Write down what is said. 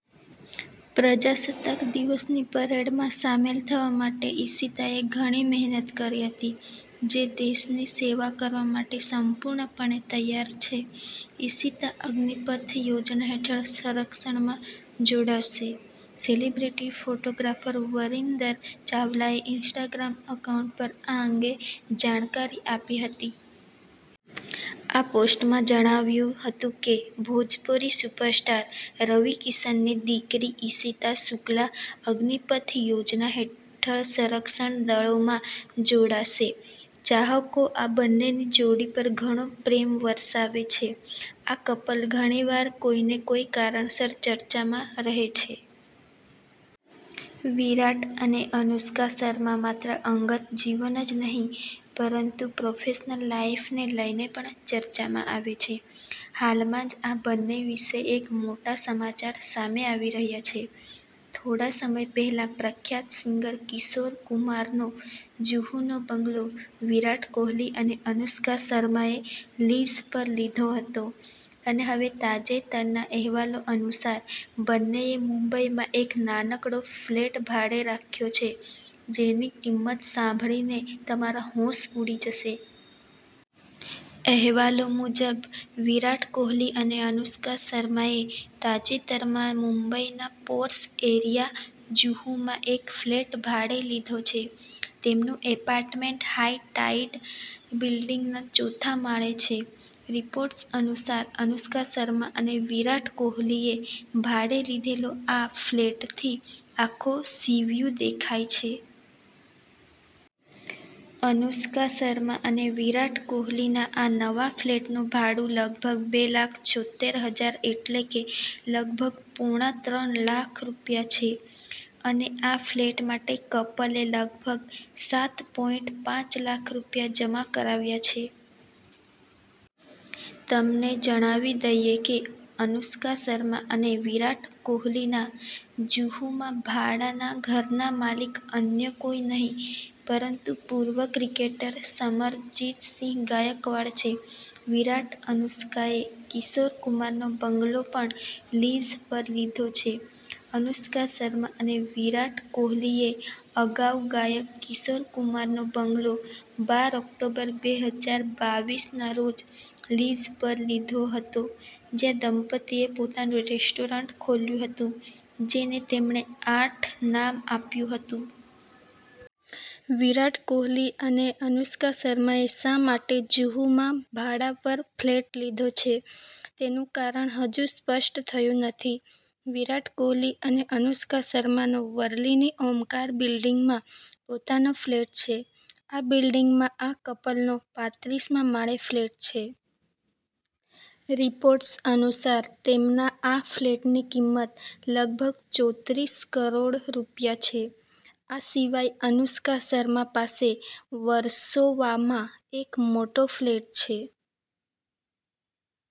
પ્રજાસત્તાક દિવસની પરેડમાં સામેલ થવા માટે ઈશિતાએ ઘણી મહેનત કરી હતી. જે દેશની સેવા કરવા માટે સંપૂર્ણપણે તૈયાર છે. ઈશિતા અગ્નિપથ યોજના હેઠળ સંરક્ષણમાં જોડાશે સેલિબ્રિટી ફોટોગ્રાફર વરિન્દર ચાવલાએ ઇન્સ્ટાગ્રામ એકાઉન્ટ પર આ અંગે જાણકારી આપી હતી. આ પોસ્ટમાં જણાવ્યું હતું કે, ભોજપુરી સુપરસ્ટાર રવિ કિશનની દીકરી ઈશિતા શુક્લા અગ્નિપથ યોજના હેઠળ સંરક્ષણ દળોમાં જોડાશે. ચાહકો આ બંનેની જોડી પર ઘણો પ્રેમ વરસાવે છે. આ કપલ ઘણીવાર કોઈને કોઈ કારણસર ચર્ચામાં રહે છે. વિરાટ અને અનુષ્કા શર્મા માત્ર અંગત જીવન જ નહીં પરંતુ પ્રોફેશનલ લાઈફને લઈને પણ ચર્ચામાં આવે છે. હાલમાં જ આ બંને વિશે એક મોટા સમાચાર સામે આવી રહ્યા છે. થોડા સમય પહેલા પ્રખ્યાત સિંગર કિશોર કુમાર નો જુહુનો બંગલો વિરાટ કોહલી અને અનુષ્કા શર્માએ લીઝ પર લીધો હતો અને હવે તાજેતરના અહેવાલો અનુસાર, બંનેએ મુંબઈ માં એક નાનકડો ફ્લેટ ભાડે રાખ્યો છે, જેની કિંમત સાંભળીને તમારા હોશ ઉડી જશે. અહેવાલો મુજબ, વિરાટ કોહલી અને અનુષ્કા શર્માએ તાજેતરમાં જ મુંબઈના પોર્શ એરિયા જુહુમાં એક ફ્લેટ ભાડે લીધો છે. તેમનું એપાર્ટમેન્ટ હાઈ ટાઈડ બિલ્ડિંગના ચોથા માળે છે. રિપોર્ટ્સ અનુસાર, અનુષ્કા શર્મા અને વિરાટ કોહલીએ ભાડે લીધેલો આ ફ્લેટથી આખો સીવ્યૂ દેખાય છે. અનુષ્કા શર્મા અને વિરાટ કોહલીના આ નવા ફ્લેટનું ભાડું લગભગ બે લાખ છોતેર હજાર એટલે કે લગભગ પોણા ત્રણ લાખ રૂપિયા છે અને આ ફ્લેટ માટે કપલે લગભગ સાત પોઈન્ટ પાંચ લાખ રૂપિયા જમા કરાવ્યા છે. તમને જણાવી દઈએ કે અનુષ્કા શર્મા અને વિરાટ કોહલીના જુહુમાં ભાડાના ઘરના માલિક અન્ય કોઈ નહીં પરંતુ પૂર્વ ક્રિકેટર સમરજિત સિંહ ગાયકવાડ છે. વિરાટ-અનુષ્કાએ કિશોર કુમારનો બંગલો પણ લીઝ પર લીધો છે: અનુષ્કા શર્મા અને વિરાટ કોહલીએ અગાઉ ગાયક કિશોર કુમારનો બંગલો બાર ઓક્ટોબર, બે હજાર બાવીસ ના રોજ લીઝ પર લીધો હતો, જ્યાં દંપતીએ પોતાનું રેસ્ટોરન્ટ ખોલ્યું હતું, જેને તેમણે આઠ નામ આપ્યું હતું. વિરાટ કોહલી અને અનુષ્કા શર્માએ શા માટે જુહુમાં ભાડા પર ફ્લેટ લીધો છે તેનું કારણ હજુ સ્પષ્ટ થયું નથી. વિરાટ કોહલી અને અનુષ્કા શર્માનો વર્લીની ઓમકાર બિલ્ડીંગમાં પોતાનો ફ્લેટ છે. આ બિલ્ડીંગમાં આ કપલનો પાત્રીસ મા માળે ફ્લેટ છે. રિપોર્ટ્સ અનુસાર તેમના આ ફ્લેટની કિંમત લગભગ ચોત્રીસ કરોડ રૂપિયા છે. આ સિવાય અનુષ્કા શર્મા પાસે વર્સોવામાં એક મોટો ફ્લેટ છે.